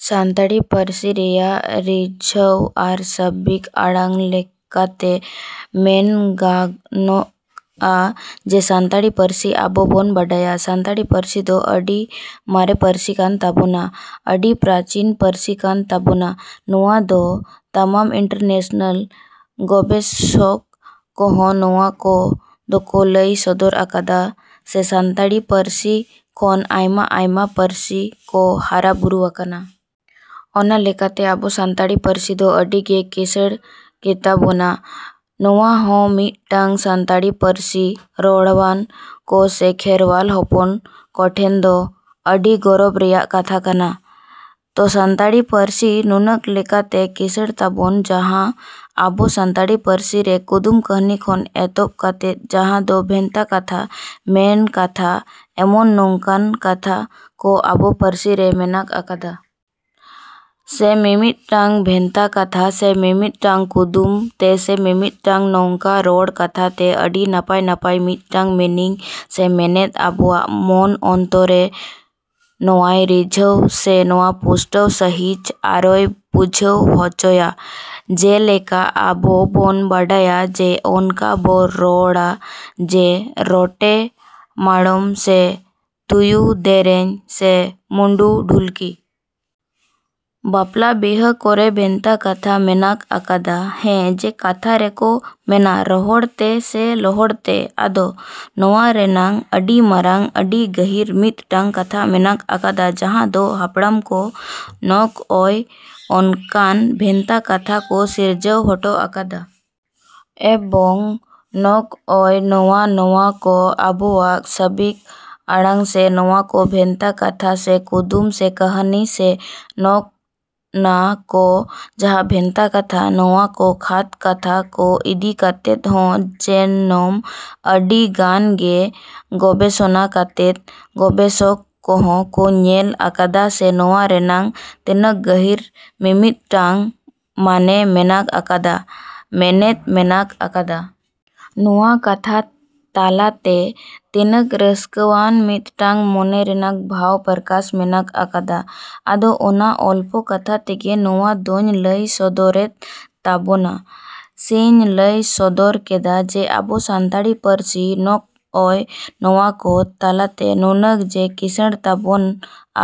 ᱥᱟᱱᱛᱟᱲᱤ ᱯᱟᱹᱨᱥᱤ ᱨᱮᱭᱟᱜ ᱨᱤᱡᱷᱟᱹᱣ ᱟᱨ ᱥᱟᱹᱵᱤᱠ ᱟᱹᱲᱟᱹ ᱞᱮᱠᱟᱛᱮ ᱢᱮᱱ ᱜᱟᱱᱚᱜᱼᱟ ᱡᱮ, ᱥᱟᱱᱛᱟᱲᱤ ᱯᱟᱹᱨᱥᱤ ᱟᱵᱚ ᱵᱚᱱ ᱵᱟᱰᱟᱭᱟ, ᱥᱟᱱᱛᱟᱲᱤ ᱯᱟᱹᱨᱥᱤ ᱫᱚ ᱟᱹᱰᱤ ᱢᱟᱨᱮ ᱯᱟᱹᱨᱥᱤ ᱠᱟᱱ ᱛᱟᱵᱚᱱᱟ, ᱟᱹᱰᱤ ᱯᱨᱟᱪᱤᱱ ᱯᱟᱹᱨᱥᱤ ᱠᱟᱱ ᱛᱟᱵᱚᱱᱟ᱾ ᱱᱚᱣᱟ ᱫᱚ ᱛᱟᱢᱟᱢ ᱤᱱᱴᱟᱨᱱᱮᱥᱱᱮᱞ ᱜᱚᱵᱮᱥᱚᱠ ᱠᱚᱦᱚᱸ ᱱᱚᱣᱟ ᱫᱚᱠᱚ ᱞᱟᱹᱭ ᱥᱚᱫᱚᱨ ᱟᱠᱟᱫᱟ ᱥᱮ ᱥᱟᱱᱛᱟᱲᱤ ᱯᱟᱹᱨᱥᱤ ᱠᱷᱚᱱ ᱟᱭᱢᱟ-ᱟᱭᱢᱟ ᱯᱟᱹᱨᱥᱤ ᱠᱚ ᱦᱟᱨᱟ ᱵᱩᱨᱩᱣᱟᱠᱟᱱᱟ᱾ ᱚᱱᱟ ᱞᱮᱠᱟᱛᱮ ᱟᱵᱚ ᱥᱟᱱᱛᱟᱲᱤ ᱯᱟᱹᱨᱥᱤ ᱫᱚ ᱟᱹᱰᱤ ᱜᱮ ᱠᱤᱥᱟᱹᱬ ᱜᱮᱛᱟ ᱵᱚᱱᱟ᱾ ᱱᱚᱣᱟ ᱦᱚᱸ ᱢᱤᱫᱴᱟᱝ ᱥᱟᱱᱛᱟᱲᱤ ᱯᱟᱹᱨᱥᱤ ᱨᱚᱲᱣᱟᱱ ᱠᱚ ᱥᱮ ᱠᱷᱮᱨᱣᱟᱞ ᱦᱚᱯᱚᱱ ᱠᱚᱴᱷᱮᱱ ᱫᱚ ᱟᱹᱰᱤ ᱜᱚᱨᱚᱵᱽ ᱨᱮᱱᱟᱜ ᱠᱟᱛᱷᱟ ᱠᱟᱱᱟ᱾ ᱛᱚ ᱥᱟᱱᱛᱟᱲᱤ ᱯᱟᱹᱨᱥᱤ ᱱᱩᱱᱟᱹᱜ ᱞᱮᱠᱟᱛᱮ ᱠᱤᱥᱟᱹᱬ ᱛᱟᱵᱚᱱᱟ ᱡᱟᱦᱟᱸ ᱟᱵᱚ ᱥᱟᱱᱛᱟᱲᱤ ᱯᱟᱹᱨᱥᱤ ᱨᱮ ᱠᱩᱫᱩᱢ, ᱠᱟᱹᱦᱟᱹᱱᱤ ᱠᱷᱚᱱ ᱮᱦᱚᱵ ᱠᱟᱛᱮᱫ ᱡᱟᱦᱟᱸ ᱫᱚ ᱵᱷᱮᱱᱛᱟ ᱠᱟᱛᱷᱟ, ᱢᱮᱱ ᱠᱟᱛᱷᱟ, ᱮᱢᱟᱱ ᱱᱚᱝᱠᱟᱱ ᱠᱟᱛᱷᱟ ᱠᱚ ᱟᱵᱚ ᱯᱟᱹᱨᱥᱤ ᱨᱮ ᱢᱮᱱᱟᱜ ᱟᱠᱟᱫᱟ᱾ ᱥᱮ ᱢᱤᱢᱤᱫᱴᱟᱝ ᱵᱷᱮᱱᱛᱟ ᱠᱟᱛᱷᱟ ᱥᱮ ᱢᱤᱢᱤᱫᱴᱟᱝ ᱠᱩᱫᱩᱢ ᱛᱮ ᱥᱮ ᱢᱤᱢᱤᱫᱴᱟᱝ ᱱᱚᱝᱠᱟᱱ ᱨᱚᱲ ᱠᱟᱛᱷᱟ ᱛᱮ ᱟᱹᱰᱤ ᱱᱟᱯᱟᱭ-ᱱᱟᱯᱟᱭ ᱢᱤᱫᱴᱟᱝ ᱢᱤᱱᱤᱝ ᱥᱮ ᱢᱮᱱᱮᱛ ᱟᱵᱚᱣᱟᱜ ᱢᱚᱱ ᱚᱱᱛᱚᱨᱮᱭ ᱱᱚᱣᱟᱭ ᱨᱤᱡᱷᱟᱹᱣᱟᱭ ᱥᱮ ᱱᱚᱣᱟ ᱯᱩᱥᱴᱟᱹᱣ ᱥᱟᱺᱦᱤᱡ ᱟᱨᱚᱭ ᱵᱩᱡᱷᱟᱹᱣ ᱦᱚᱪᱚᱭᱟ᱾ ᱡᱮᱞᱮᱠᱟ ᱟᱵᱚ ᱵᱚᱱ ᱵᱟᱲᱟᱭᱟ ᱡᱮ ᱚᱱᱠᱟ ᱵᱚ ᱨᱚᱲᱟ ᱡᱮ ᱨᱚᱴᱮ ᱢᱟᱬᱚᱢ ᱥᱮ ᱛᱩᱭᱩ ᱫᱮᱨᱮᱧ ᱥᱮ ᱢᱩᱸᱡ ᱰᱷᱩᱞᱠᱤ᱾ ᱵᱟᱯᱞᱟ ᱵᱤᱦᱟᱹ ᱠᱚᱨᱮ ᱵᱷᱮᱱᱛᱟ ᱠᱟᱛᱷᱟ ᱢᱮᱱᱟᱜ ᱟᱠᱟᱫᱟ᱾ ᱦᱮᱸ ᱡᱮ ᱠᱟᱛᱷᱟ ᱨᱮᱠᱚ ᱢᱮᱱᱟ ᱨᱚᱦᱚᱲ ᱛᱮ ᱥᱮ ᱞᱚᱦᱚᱫ ᱛᱮ᱾ ᱟᱫᱚ ᱱᱚᱣᱟ ᱨᱮᱱᱟᱜ ᱟᱹᱰᱤ ᱢᱟᱨᱟᱝ ᱟᱹᱰᱤ ᱜᱟᱹᱦᱤᱨ ᱢᱤᱫᱴᱟᱝ ᱠᱟᱛᱷᱟ ᱢᱮᱱᱟᱜ ᱟᱠᱟᱫᱟ ᱡᱟᱦᱟᱸ ᱫᱚ ᱦᱟᱯᱲᱟᱢ ᱠᱚ ᱱᱚᱜᱼᱚᱭ ᱚᱱᱠᱟᱱ ᱵᱷᱮᱱᱛᱟ ᱠᱟᱛᱷᱟ ᱠᱚ ᱥᱤᱨᱡᱟᱹᱣ ᱦᱚᱴᱚ ᱟᱠᱟᱫᱟ᱾ ᱮᱵᱚᱝ ᱱᱚᱣᱟ ᱱᱚᱜᱼᱚᱭ ᱱᱚᱣᱟ ᱠᱚ ᱟᱵᱚᱣᱟᱜ ᱥᱟᱹᱵᱤᱠ ᱟᱹᱲᱟᱹ ᱥᱮ ᱱᱚᱣᱟ ᱠᱚ ᱵᱷᱮᱱᱛᱟ ᱠᱟᱛᱷᱟ ᱥᱮ ᱠᱩᱫᱩᱢ ᱥᱮ ᱠᱟᱹᱦᱟᱹᱱᱤ ᱥᱮ ᱱᱚᱜᱼᱱᱟ ᱠᱚ ᱡᱟᱦᱟᱸ ᱵᱷᱮᱱᱛᱟ ᱠᱟᱛᱷᱟ ᱱᱚᱣᱟ ᱠᱚ ᱠᱷᱟᱛ ᱠᱟᱛᱷᱟ ᱠᱚ ᱤᱫᱤ ᱠᱟᱛᱮ ᱦᱚᱸ ᱡᱮᱱᱚᱢ ᱟᱹᱰᱤ ᱜᱟᱱ ᱜᱮ ᱜᱚᱵᱮᱥᱚᱱᱟ ᱠᱟᱛᱮ ᱜᱚᱵᱮᱥᱚᱠ ᱠᱚᱦᱚᱸ ᱠᱚ ᱧᱮᱞ ᱟᱠᱟᱫᱟ ᱥᱮ ᱱᱚᱣᱟ ᱨᱮᱱᱟᱜ ᱛᱤᱱᱟᱹᱜ ᱜᱟᱹᱦᱤᱨ ᱢᱤᱢᱤᱫᱴᱟᱝ ᱢᱟᱱᱮ ᱢᱮᱱᱟᱜ ᱟᱠᱟᱫᱟ, ᱢᱮᱱᱮᱛ ᱢᱮᱱᱟᱜ ᱟᱠᱟᱫᱟ᱾ ᱱᱚᱣᱟ ᱠᱟᱛᱷᱟ ᱛᱟᱞᱟᱛᱮ ᱛᱤᱱᱟᱹᱜ ᱨᱟᱹᱥᱠᱟᱹᱣᱟᱱ ᱢᱤᱫᱴᱟᱝ ᱢᱚᱱᱮ ᱨᱮᱱᱟᱜ ᱵᱷᱟᱵᱽ ᱯᱨᱚᱠᱟᱥ ᱢᱮᱱᱟᱜ ᱟᱠᱟᱫᱟ᱾ ᱟᱫᱚ ᱚᱱᱟ ᱚᱞᱯᱚ ᱠᱟᱛᱷᱟ ᱛᱮᱜᱮ ᱱᱚᱣᱟ ᱫᱚᱹᱧ ᱞᱟᱹᱭ ᱥᱚᱫᱚᱨᱮᱫ ᱛᱟᱵᱚᱱᱟ ᱥᱮᱧ ᱞᱟᱹᱭ ᱥᱚᱫᱚᱨ ᱠᱮᱫᱟ ᱡᱮ ᱟᱵᱚ ᱥᱟᱱᱛᱟᱲᱤ ᱯᱟᱹᱨᱥᱤ ᱱᱚᱜᱼᱚᱭ ᱱᱚᱣᱟ ᱠᱚ ᱛᱟᱞᱟᱛᱮ ᱱᱩᱱᱟᱹᱜ ᱡᱮ ᱠᱤᱥᱟᱹᱬ ᱛᱟᱵᱚᱱᱟ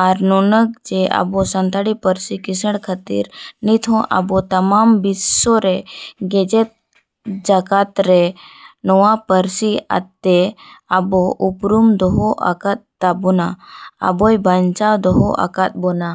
ᱟᱨ ᱱᱩᱱᱟᱹᱜ ᱡᱮ ᱟᱵᱚ ᱥᱟᱱᱛᱟᱲᱤ ᱯᱟᱹᱨᱥᱤ ᱠᱤᱥᱟᱹᱲ ᱠᱷᱟᱹᱛᱤᱨ ᱱᱤᱛᱦᱚᱸ ᱟᱵᱚ ᱛᱟᱢᱟᱢ ᱵᱤᱥᱥᱚ ᱨᱮ ᱜᱮᱡᱮᱛ ᱡᱟᱠᱟᱛ ᱨᱮ ᱱᱚᱣᱟ ᱯᱟᱹᱨᱥᱤ ᱟᱛᱮᱫ ᱟᱵᱚ ᱩᱯᱨᱩᱢᱮ ᱫᱚᱦᱚ ᱟᱠᱟᱫ ᱛᱟᱵᱚᱱᱟ, ᱟᱵᱚᱭ ᱵᱟᱧᱪᱟᱣ ᱫᱚᱦᱚ ᱟᱠᱟᱫ ᱵᱚᱱᱟ᱾।